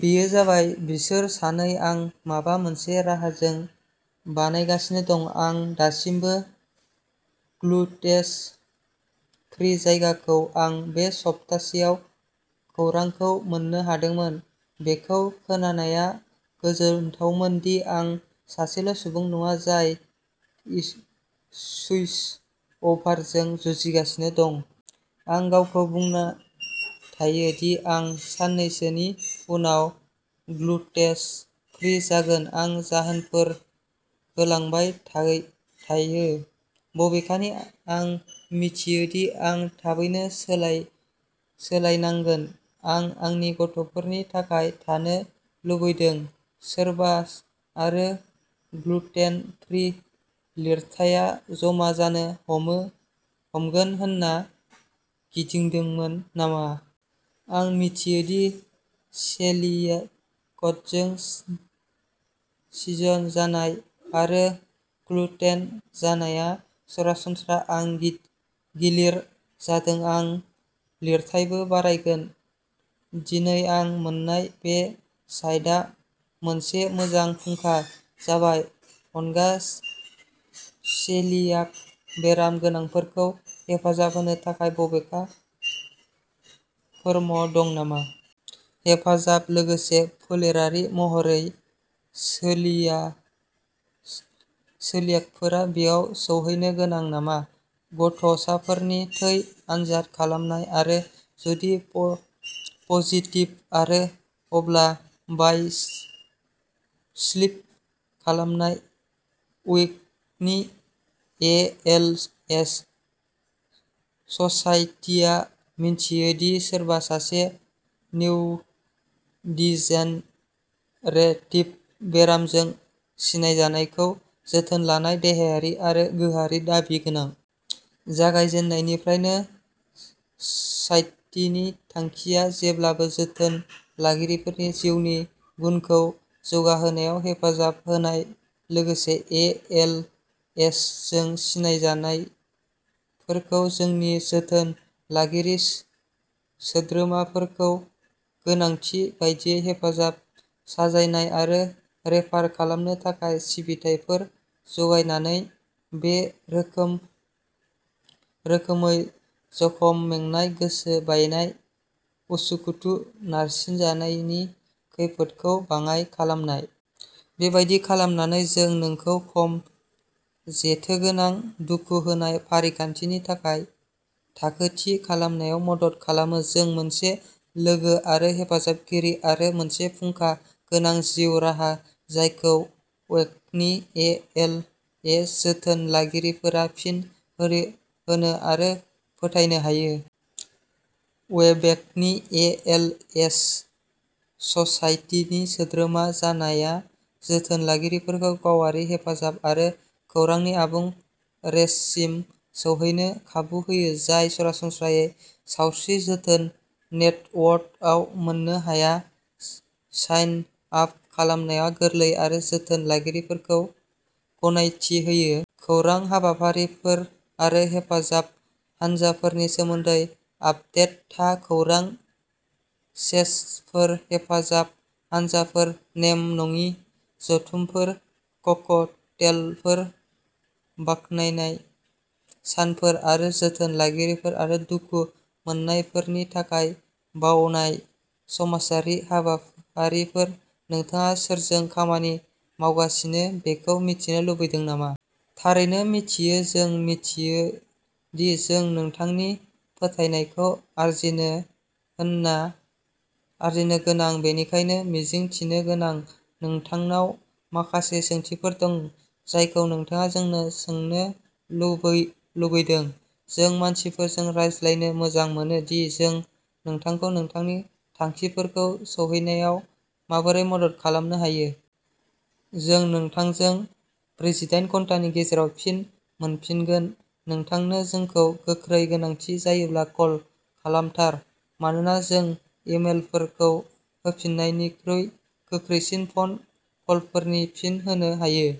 बेयो जाबाय। बिसोर सानो आं माबा मोनसे राहाजों बानायगासिनो दं। आं दासिमबो ग्लुटेन फ्रि जागायाखै आं बे सप्तायावसो खौरांखौ मोन्नो हादोंमोन। बेखौ खोनानाया गोजोनथावमोन दि आं सासेल' सुबुं नङा जाय सुइच अभारजों जुजिगासिनो दं। आं गावखौ बुंबाय थायो दि आं साननैसोनि उनाव ग्लुटेन फ्रि जागोन। आं जाहोनफोर होलांबाय थायो, बबेखानि आं मिथियो दि आं थाबैनो सोलायनांगोन। आं आंनि गथ'फोरनि थाखाय थानो लुबैदों! सोरबा आरो ग्लुटेन फ्रि लिरथाइया जमा जानो हमगोन होनना गिदोंमोन नामा? आं मिथियो दि सेलियाकजों स्लिन जानाय आरो ग्लुटेन जानाया सरासनस्रा। आं गिलिर जादों दि आं लिरथाइबो बारायगोन दिनै आं मोन्नाय बे साइटआ मोनसे मोजां फुंखा जाबाय। अनगा, सेलियाक बेराम गोनांफोरखौ हेफाजाब होनो थाखाय बबेबा फोरम दं नामा? हेफाजाब? लोगोसे, फोलेरारि महरै, सेलियाकफोरा बैयाव सौहैनो गोनां नामा? गथ'साफोरनि थै आनजाद खालामनाय आरो जुदि पजिटिभ जायो अब्ला बाय'प्सि खालामनाय? क्युबेकनि ए एल एस ससाइटिआ मिन्थियो दि सोरबा सासे निउर'डिजेनारेटिभ बेरामजों सिनायजानायखौ जोथोन लानाया देहायारि आरो गोसोआरि दाबि गोनां। जागायजेन्नायनिफ्रायनो, ससाइटिनि थांखिया जेब्लाबो जोथोन लागिरिफोरनि जिउनि गुनखौ जौगाहोनायाव हेफाजाब होनाय, लोगोसे ए एल एस जों सिनायजानायफोरखौ, जोंनि जोथोन लागिरि सोद्रोमाफोरखौ गोनांथि बायदियै हेफाजाब, साजायनाय आरो रेफार खालामनो थाखाय सिबिथाइफोर जगायनानै, बे रोखोमै जखम, मेंनाय, गोसो बायनाय, उसुखुथु, नारसिननायनि खैफोदखौ बाङाइ खालामनाय। बेबादि खालामनानै, जों नोंखौ खम जेथोगोनां दुखु होनाय फारिखान्थिनि थाखाय थाखो थि खालामनायाव मदद खालामो। जों मोनसे लोगो, आरो हेफाजाबगिरि, आरो मोनसे फुंखा गोनां जिउ राहा जायखौ क्युबेकनि ए एल एस जोथोन लागिरिफोरा फिन होनो आरो फोथायनो हायो। क्युबेकनि ए एल एस ससाइटिनि सोद्रोमा जानाया जोथोन लागिरिफोरखौ गावारि हेफाजाब आरो खौरांनि आबुं रेन्जसिम सौहैनो खाबु होयो जाय सरासनस्रायै सावस्रि जोथोन नेटवर्कआव मोननो हाया। साइन आप खालामनाया गोरलै आरो जोथोन लागिरिफोरखौ गनायथि होयो। खौरां, हाबाफारिफोर आरो हेफाजाब हानजाफोरनि सोमोन्दै आपडेट था। खौरां सेसनफोर, हेफाजाब हानजाफोर, नेम-नङि जथुमफोर, ककटेलफोर, बाखनायनाय सानफोर आरो जोथोन लागिरिफोर आरो दुखु मोन्नायफोरनि थाखाय बावनाय समाजारि हाबाफारिफोर। नोंथाङा सोरजों खामानि मावगासिनो बेखौ मिथिनो लुगैदों नामा? थारैनो मिन्थियो? जों मिन्थियो दि जों नोंथांनि फोथायनायखौ आरजिनो गोनां। बेनिखायनो, मिजिं थिनो दि नोंथांनाव माखासे सोंथिफोर दं जायखौ नोंथाङा जोंनाव सोंनो लुगैदों। जों मानसिफोरजों रायज्लायनो मोजां मोनो दि जों नोंथांखौ नोंथांनि थांखिफोरखौ सौहैनायाव माबोरै मदद खालामनो हायो। जों नोंथांजों ब्रैजिदाइन घन्टानि गेजेराव फिन मोनफिनगोन। नोंथांनो जोंखौ गोख्रै गोनांथि जायोब्ला, कल खालामथार, मानोना जों इमेलफोरखौ होफिन्नायनिख्रुइ गोख्रैसिन फ'न कलफोरनि फिन होनो हायो।